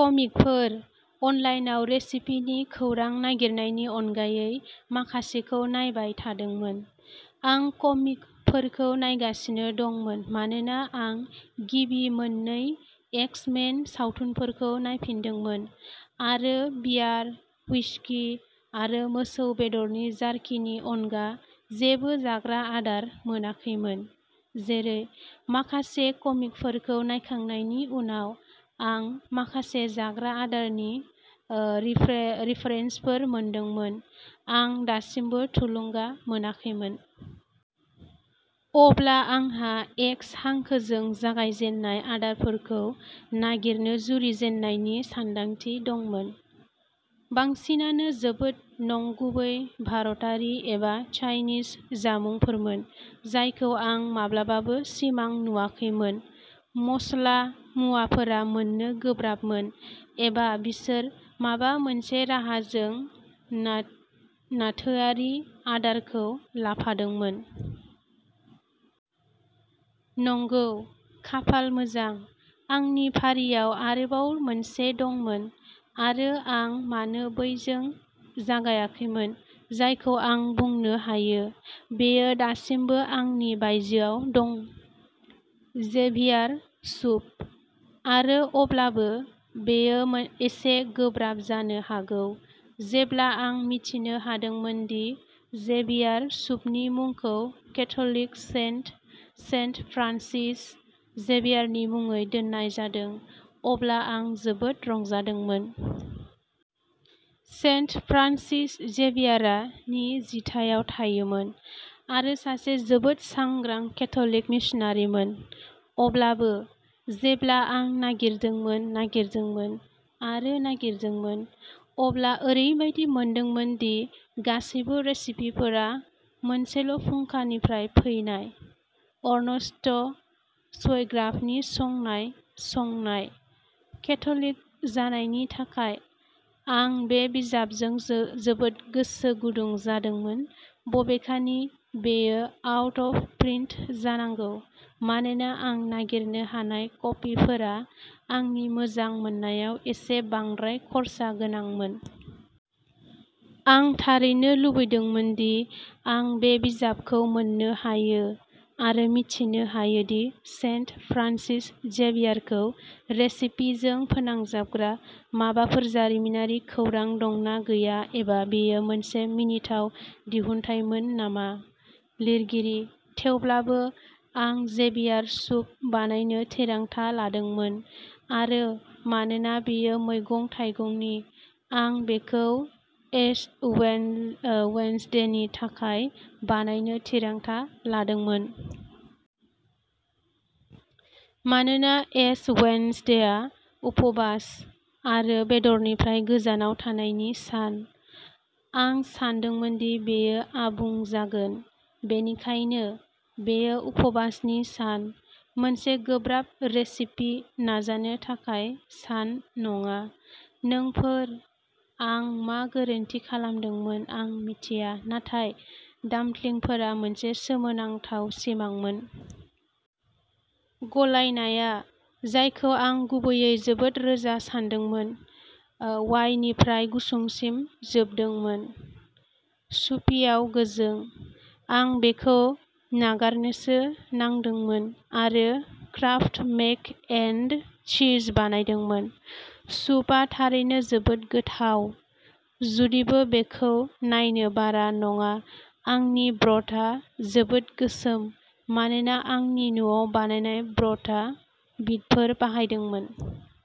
कमिकफोर-अनलाइनआव रेसिपिनि खौरां नागिरनायनि अनगायै माखासेखौ नायबाय थादोंमोन। आं कमिकफोरखौ नायगासिनो दंमोन मानोना आं गिबि मोननै एक्स-मेन सावथुनफोरखौ नायफिनदोंमोन आरो बियार, हुइस्कि, आरो मोसौ बेदरनि जार्किनि अनगा जेबो जाग्रा आदार मोनाखैमोन। जेरै। माखासे कमिकफोरखौ नायखांनायनि उनाव, आं माखासे जाग्रा आदारनि रिफरेन्सफोर मोनदोंमोन, आं दासिमबो थुलुंगा मोनाखैमोन। अब्ला आंहा एक्स हांखोजों जागायजेन्नाय आदारफोरखौ नागिरनो जुरिजेननायनि सानदांथि दंमोन। बांसिनानो जोबोद नंगुबै भारतारि एबा चाइनिज जामुंफोरमोन जायखौ आं माब्लाबाबो सिमां नुवाखैमोन-मस्ला ुवाफोरा मोननो गोब्राबमोन एबा बिसोर माबा मोनसे राहाजों ना ैथोआरि आदारखौ लाफादोंमोन। नंगौ। खाफाल मोजां, आंनि फारियाव आरोबाव मोनसे दंमोन, आरो आं मानो बैजों जागायाखैमोन जायखौ आं बुंनो हायो, बेयो दासिमबो आंनि बायजोआव दं। Xavier soup! आरो अब्लाबो, बेयो एसे गोब्राब जानो हागौ। जेब्ला आं मिथिनो हादोंमोन दि जेभियार सुपनि मुंखौ केथ'लिक सेन्ट, सेन्ट फ्रान्सिस जेभियारनि मुङै दोननाय जादों, अब्ला आं जोबोद रंजादोंमोन। सेन्ट फ्रान्सिस जेभियारआ नि जिथायाव थायोमोन आरो सासे जोबोद सांग्रां केथ'लिक मिशनारिमोन। अब्लाबो, जेब्ला आं नागिरदोंमोन, नागिरदोंमोन, आरो नागिरदोंमोन, अब्ला ओरैबायदि मोनदोंमोन दि गासैबो रेसिपिफोरा मोनसेल'फुंखानिफ्राय फैनायः अर्नस्ट शुएग्राफनि संनाय संनाय। केथ'लिक जानायनि थाखाय, आं बे बिजाबजों जोबोद गोसो गुदुं जादोंमोन, बबेखानि, बेयो आउट अफ प्रिन्ट जानांगौ, मानोना आं नागिरनो हानाय कपिफोरा आंनि मोजां मोननायाव एसे बांद्राय खर्सा गोनांमोन। आं थारैनो लुबैदोंमोन दि आं बे बिजाबखौ मोन्नो हायो आरो मिथिनो हायो दि सेन्ट फ्रान्सिस जेभियारखौ रेसिपिजों फोनांजाबग्रा माबाफोर जारिमिनारि खौरां दं ना गैया एबा बेयो मोनसे मिनिथाव दिहुनथायमोन नामा। लिरगिरि। थेवब्लाबो, आं जेभियार सुप बानायनो थिरांथा लादोंमोन-आरो मानोना बेयो मैगं-थाइगंनि, आं बेखौ एश वेन्सडेनि थाखाय बानायनो थिरांथा लादोंमोन। मानोना एश वेन्सडेआ उपबास आरो बेदरनिफ्राय गोजानाव थानायनि सान, आं सानदोंमोन दि बेयो आबुं जागोन! बेनिखायनो, बेयो उपबासनि सान, मोनसे गोब्राब रेसिपि नाजानो थाखाय सान नङा। नोंफोर-आं मा गोरोन्थि खालामदोंमोन आं मिथिया, नाथाय डाम्पलिंफोरा मोनसे सोमोनांथाव सिमांमोन! गलायनाया, जायखौ आं गुबैयै जोबोद रोजा सान्दोंमोन, वाएनिफ्राय गुसुंसिम जोबदोंमोन, सुपियाव गोजों। आं बेखौ नागारनोसो नांदोंमोन आरो क्राफ्ट मेक एन्ड चीज बानायदोंमोन। सुपआ थारैनो जोबोद गोथाव, जुदिबो बेखौ नायनो बारा नङा आंनि ब्रथआ जोबोद गोसोम मानोना आंनि न'आव बानायनाय ब्रथआ बिटफोर बाहायदोंमोन।